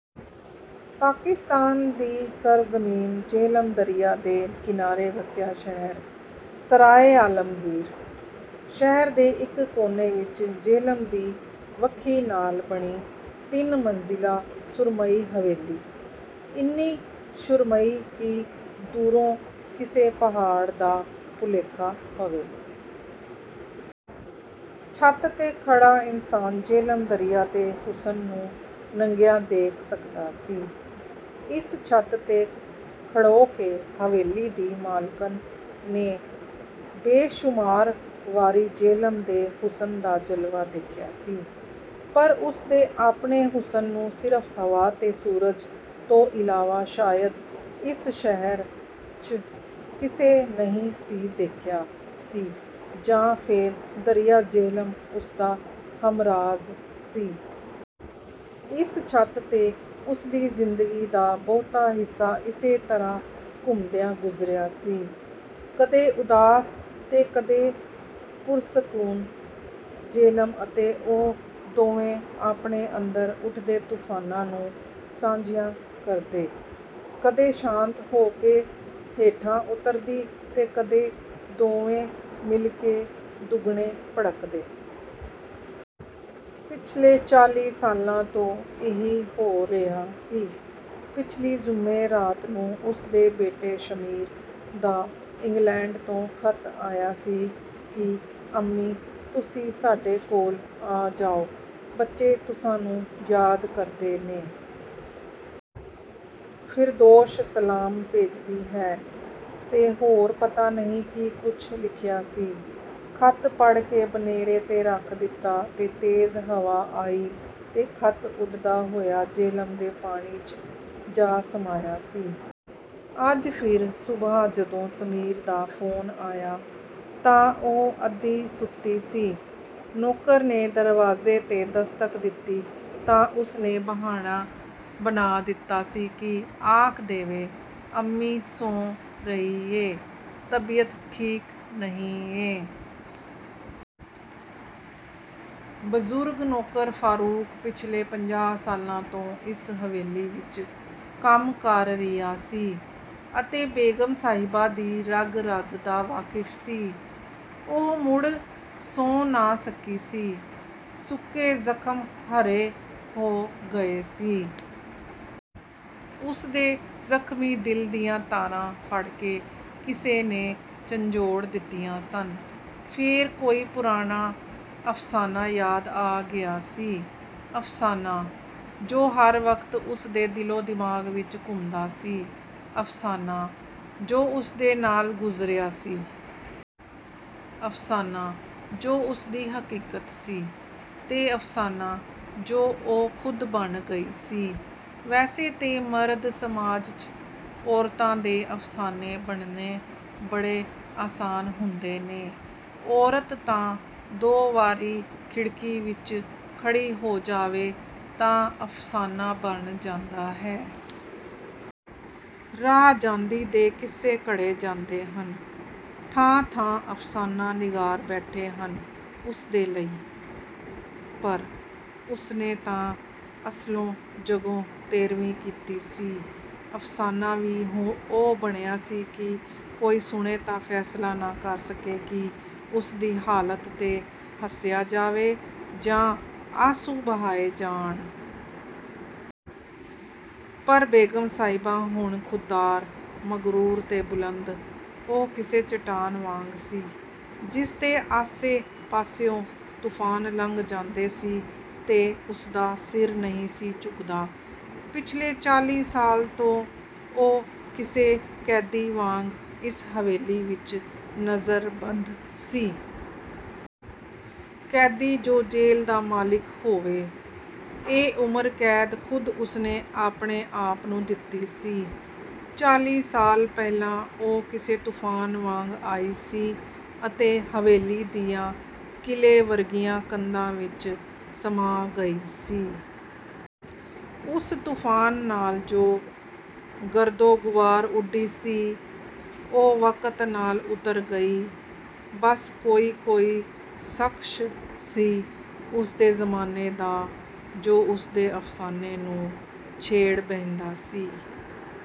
ਪਾਕਿਸਤਾਨ ਦੀ ਸਰਜ਼ਮੀਨ, ਜੇਹਲਮ ਦਰਿਆ ਦੇ ਕਿਨਾਰੇ ਵਸਿਆ ਸ਼ਹਿਰ 'ਸਰਾਏ ਆਲਮਗੀਰ'। ਸ਼ਹਿਰ ਦੇ ਇੱਕ ਕੋਨੇ ਵਿੱਚ ਜੇਹਲਮ ਦੀ ਵੱਖੀ ਨਾਲ ਬਣੀ ਤਿੰਨ ਮੰਜ਼ਿਲਾਂ ਸੁਰਮਈ ਹਵੇਲੀ, ਇੰਨੀ ਸ਼ੁਰਮਈ ਕਿ ਦੂਰੋ ਕਿਸੇ ਪਹਾੜ ਦਾ ਭੁੱਲੇਖਾ ਪਵੇ। ਛੱਤ ਤੇ ਖੜ੍ਹਾ ਇਨਸਾਨ ਜੇਹਲਮ ਦਰਿਆ ਦੇ ਹੁਸਨ ਨੂੰ ਨੰਗਿਆ ਦੇਖ ਸਕਦਾ ਸੀ। ਇਸ ਛੱਤ ਤੇ ਖੜ੍ਹੋ ਕੇ ਹਵੇਲੀ ਦੀ ਮਾਲਕਣ ਨੇ ਬੇਸ਼ੁਮਾਰ ਵਾਰੀ ਜੇਹਲਮ ਦੇ ਹੁਸਨ ਦਾ ਜਲਵਾ ਦੇਖਿਆ ਸੀ। ਪਰ ਉਸਦੇ ਆਪਣੇ ਹੁਸਨ ਨੂੰ ਸਿਰਫ ਹਵਾ ਤੇ ਸੂਰਜ ਤੋਂ ਇਲਾਵਾ ਸ਼ਾਇਦ ਇਸ ਸ਼ਹਿਰ, ਚ' ਕਿਸੇ ਨਹੀ ਸੀ ਦੇਖਿਆ ਸੀ ਜਾਂ ਫੇਰ ਦਰਿਆ ਜੇਹਲਮ ਉਸਦਾ ਹਮਰਾਜ਼ ਸੀ। ਇਸ ਛੱਤ ਤੇ ਉਸਦੀ ਜਿੰਦਗੀ ਦਾ ਬਹੁਤਾ ਹਿਸਾ ਇਸੇ ਤਰ੍ਹਾ ਘੁੰਮਦਿਆ ਗੁਜ਼ਰਿਆ ਸੀ। ਕਦੇ ਉਦਾਸ ਤੇ ਕਦੇ ਪੁਰਸਕੂਨ। ਜੇਹਲਮ ਅਤੇ ਉਹ ਦੋਵੇਂ ਆਪਣੇ ਅੰਦਰ ਉਠਦੇ ਤੂਫਾਨਾਂ ਨੂੰ ਸਾਂਝਿਆਂ ਕਰਦੇ। ਕਦੇ ਸ਼ਾਤ ਹੋ ਕੇ ਹੇਠਾਂ ਉਤਰਦੀ ਤੇ ਕਦੇ ਦੋਵੇ ਮਿਲ ਕੇ ਦੁੱਗਣੇ ਭੜਕਦੇ। ਪਿਛਲੇ ਚਾਲ੍ਹੀ ਸਾਲਾਂ ਤੋਂ ਇਹੀ ਹੋ ਰਿਹਾ ਸੀ। ਪਿਛਲੀ ਜ਼ੁੰਮੇਰਾਤ ਨੂੰ ਉਸਦੇ ਬੇਟੇ ਸ਼ਮੀਰ ਦਾ ਇੰਗਲੈਡ ਤੋਂ ਖੱਤ ਆਇਆ ਸੀ ਕਿ 'ਅੰਮੀ ਤੁਸੀ ਸਾਡੇ ਕੋਲ ਆ ਜਾਉ। ਬੱਚੇ ਤੁਸਾਂ ਨੂੰ ਯਾਦ ਕਰਦੇ ਨੇ। ਫਿਰਦੋਸ਼ ਸਲਾਮ ਭੇਜਦੀ ਹੈ, ਤੇ ਹੋਰ ਪਤਾ ਨਹੀ ਕੀ ਕੁਛ ਲਿਖਿਆ ਸੀ। ਖੱਤ ਪੜ੍ਹਕੇ ਬਨੇਰੇ ਤੇ ਰੱਖ ਦਿਤਾ ਤੇ ਤੇਜ਼ ਹਵਾ ਆਈ ਤੇ ਖੱਤ ਉਡਦਾ ਹੋਇਆ ਜੇਹਲਮ ਦੇ ਪਾਣੀ, 'ਚ ਜਾ ਸਮਾਇਆ ਸੀ। ਅੱਜ ਫਿਰ ਸੁਬਹਾ ਜਦੋ ਸਮੀਰ ਦਾ ਫੋਨ ਆਇਆ, ਤਾਂ ਉਹ ਅੱਧੀ-ਸੁੱਤੀ ਸੀ। ਨੌਕਰ ਨੇ ਦਰਵਾਜ਼ੇ ਤੇ ਦਸਤਕ ਦਿਤੀ ਤਾਂ ਉਸਨੇ ਬਹਾਣਾ ਬਣਾ ਦਿਤਾ ਸੀ ਕਿ ਆਖ ਦੇਵੇ 'ਅੰਮੀ ਸੌਂ ਰਹੀ ਏ. ਤਬੀਅਤ ਠੀਕ ਨਹੀਂ ਏਂ। ਬਜ਼ੁਰਗ ਨੌਕਰ ਫਾਰੂਕ ਪਿਛਲੇ ਪੰਜਾਹ ਸਾਲਾਂ ਤੋਂ ਇਸ ਹਵੇਲੀ ਵਿੱਚ ਕੰਮ ਕਰ ਰਿਹਾ ਸੀ ਅਤੇ ਬੇਗਮ ਸਹਿਬਾ ਦੀ ਰਗ ਰਗ ਦਾ ਵਾਕਿਫ਼ ਸੀ। ਉਹ ਮੁੜ ਸੌਂ ਨਾ ਸਕੀ ਸੀ। ਸੁੱਕੇ ਜ਼ਖਮ ਹਰੇ ਹੋ ਗਏ ਸੀ। ਉਸਦੇ ਜ਼ਖਮੀ ਦਿਲ ਦੀਆ ਤਾਰਾਂ ਫੜ੍ਹਕੇ ਕਿਸੇ ਨੇ ਝੰਜੋੜ ਦਿਤੀਆ ਸਨ। ਫੇਰ ਕੋਈ ਪੁਰਾਣਾ ਅਫ਼ਸਾਨਾ ਯਾਦ ਆ ਗਿਆ ਸੀ। ਅਫ਼ਸਾਨਾ, ਜੋ ਹਰ ਵਕਤ ਉਸ ਦੇ ਦਿਲੋ-ਦਿਮਾਗ ਵਿੱਚ ਘੁੰਮਦਾ ਸੀ। ਅਫ਼ਸਾਨਾ, ਜੋ ਉਸਦੇ ਨਾਲ ਗੁਜ਼ਰਿਆ ਸੀ। ਅਫ਼ਸਾਨਾ, ਜੋ ਉਸਦੀ ਹਕੀਕਤ ਸੀ, ਤੇ ਅਫ਼ਸਾਨਾ ਜੋ ਉਹ ਖੁਦ ਬਣ ਗਈ ਸੀ। ਵੈਸੇ ਤੇ ਮਰਦ ਸਮਾਜ, ਚ' ਔਰਤਾ ਦੇ ਅਫ਼ਸਾਨੇ ਬਣਨੇ ਬੜੇ ਆਸਾਨ ਹੁੰਦੇ ਨੇ। ਔਰਤ ਤਾਂ ਦੋ ਵਾਰੀ ਖਿੜ੍ਹਕੀ ਵਿੱਚ ਖੜ੍ਹੀ ਹੋ ਜਾਵੇ ਤਾਂ ਅਫ਼ਸਾਨਾ ਬਣ ਜਾਂਦਾ ਹੈ। ਰਾਹ ਜਾਂਦੀ ਦੇ ਕਿੱਸੇ ਘੜੇ ਜਾਂਦੇ ਹਨ। ਥਾਂ ਥਾਂ ਅਫ਼ਸਾਨਾ-ਨਿਗਾਰ ਬੈਠੇ ਹਨ ਉਸ ਦੇ ਲਈ।…… ਪਰ ਉਸਨੇ ਤਾਂ ਅਸਲੋਂ ਜੱਗੋ ਤੇਰ੍ਹਵੀ ਕੀਤੀ ਸੀ। ਅਫ਼ਸਾਨਾ ਵੀ ਉਹ ਬਣਿਆ ਸੀ ਕਿ ਕੋਈ ਸੁਣੇ ਤਾਂ ਫੈਸਲਾ ਨਾ ਕਰ ਸਕੇ ਕਿ ਉਸਦੀ ਹਾਲਤ ਤੇ ਹੱਸਿਆ ਜਾਵੇ ਜਾਂ ਆਂਸੂ ਬਹਾਏ ਜਾਣ। ਪਰ ਬੇਗਮ ਸਾਹਿਬਾ ਹੁਣ ਖੁੱਦਾਰ, ਮਗਰੂਰ ਤੇ ਬੁਲੰਦ, ਉਹ ਕਿਸੇ ਚਟਾਨ ਵਾਂਗ ਸੀ। ਜਿਸ ਦੇ ਆਸੇ ਪਾਸਿਉ ਤੂਫਾਨ ਲੰਘ ਜਾਂਦੇ ਸੀ ਤੇ ਉਸਦਾ ਸਿਰ ਨਹੀਂ ਸੀ ਝੁਕਦਾ। ਪਿਛਲੇ ਚਾਲ੍ਹੀ ਸਾਲ ਤੋਂ ਉਹ ਕਿਸੇ ਕੈਦੀ ਵਾਂਗ ਇਸ ਹਵੇਲੀ ਵਿੱਚ ਨਜ਼ਰਬੰਦ ਸੀ। ਕੈਦੀ ਜੋ ਜੇਲ੍ਹ ਦਾ ਮਾਲਿਕ ਹੋਵੇ। ਇਹ ਉਮਰ ਕੈਦ ਖੁਦ ਉਸਨੇ ਆਪਣੇ ਆਪ ਨੂੰ ਦਿਤੀ ਸੀ। ਚਾਲ੍ਹੀ ਸਾਲ ਪਹਿਲਾ ਉਹ ਕਿਸੇ ਤੂਫਾਨ ਵਾਂਗ ਆਈ ਸੀ ਅਤੇ ਹਵੇਲੀ ਦੀਆ ਕਿਲ੍ਹੇ ਵਰਗੀਆ ਕੰਧਾਂ ਵਿੱਚ ਸਮਾਅ ਗਈ ਸੀ। ਉਸ ਤੂਫਾਨ ਨਾਲ ਜੋ ਗਰਦੋ-ਗੁਬਾਰ ਉਡੀ ਸੀ, ਉਹ ਵਕਤ ਨਾਲ ਉਤਰ ਗਈ। ਬੱਸ ਕੋਈ ਕੋਈ ਸਖਸ਼ ਸੀ, ਉਸਦੇ ਜ਼ਮਾਨੇ ਦਾ ਜੋ ਉਸਦੇ ਅਫ਼ਸਾਨੇ ਨੂੰ ਛੇੜ ਬਹਿੰਦਾ ਸੀ।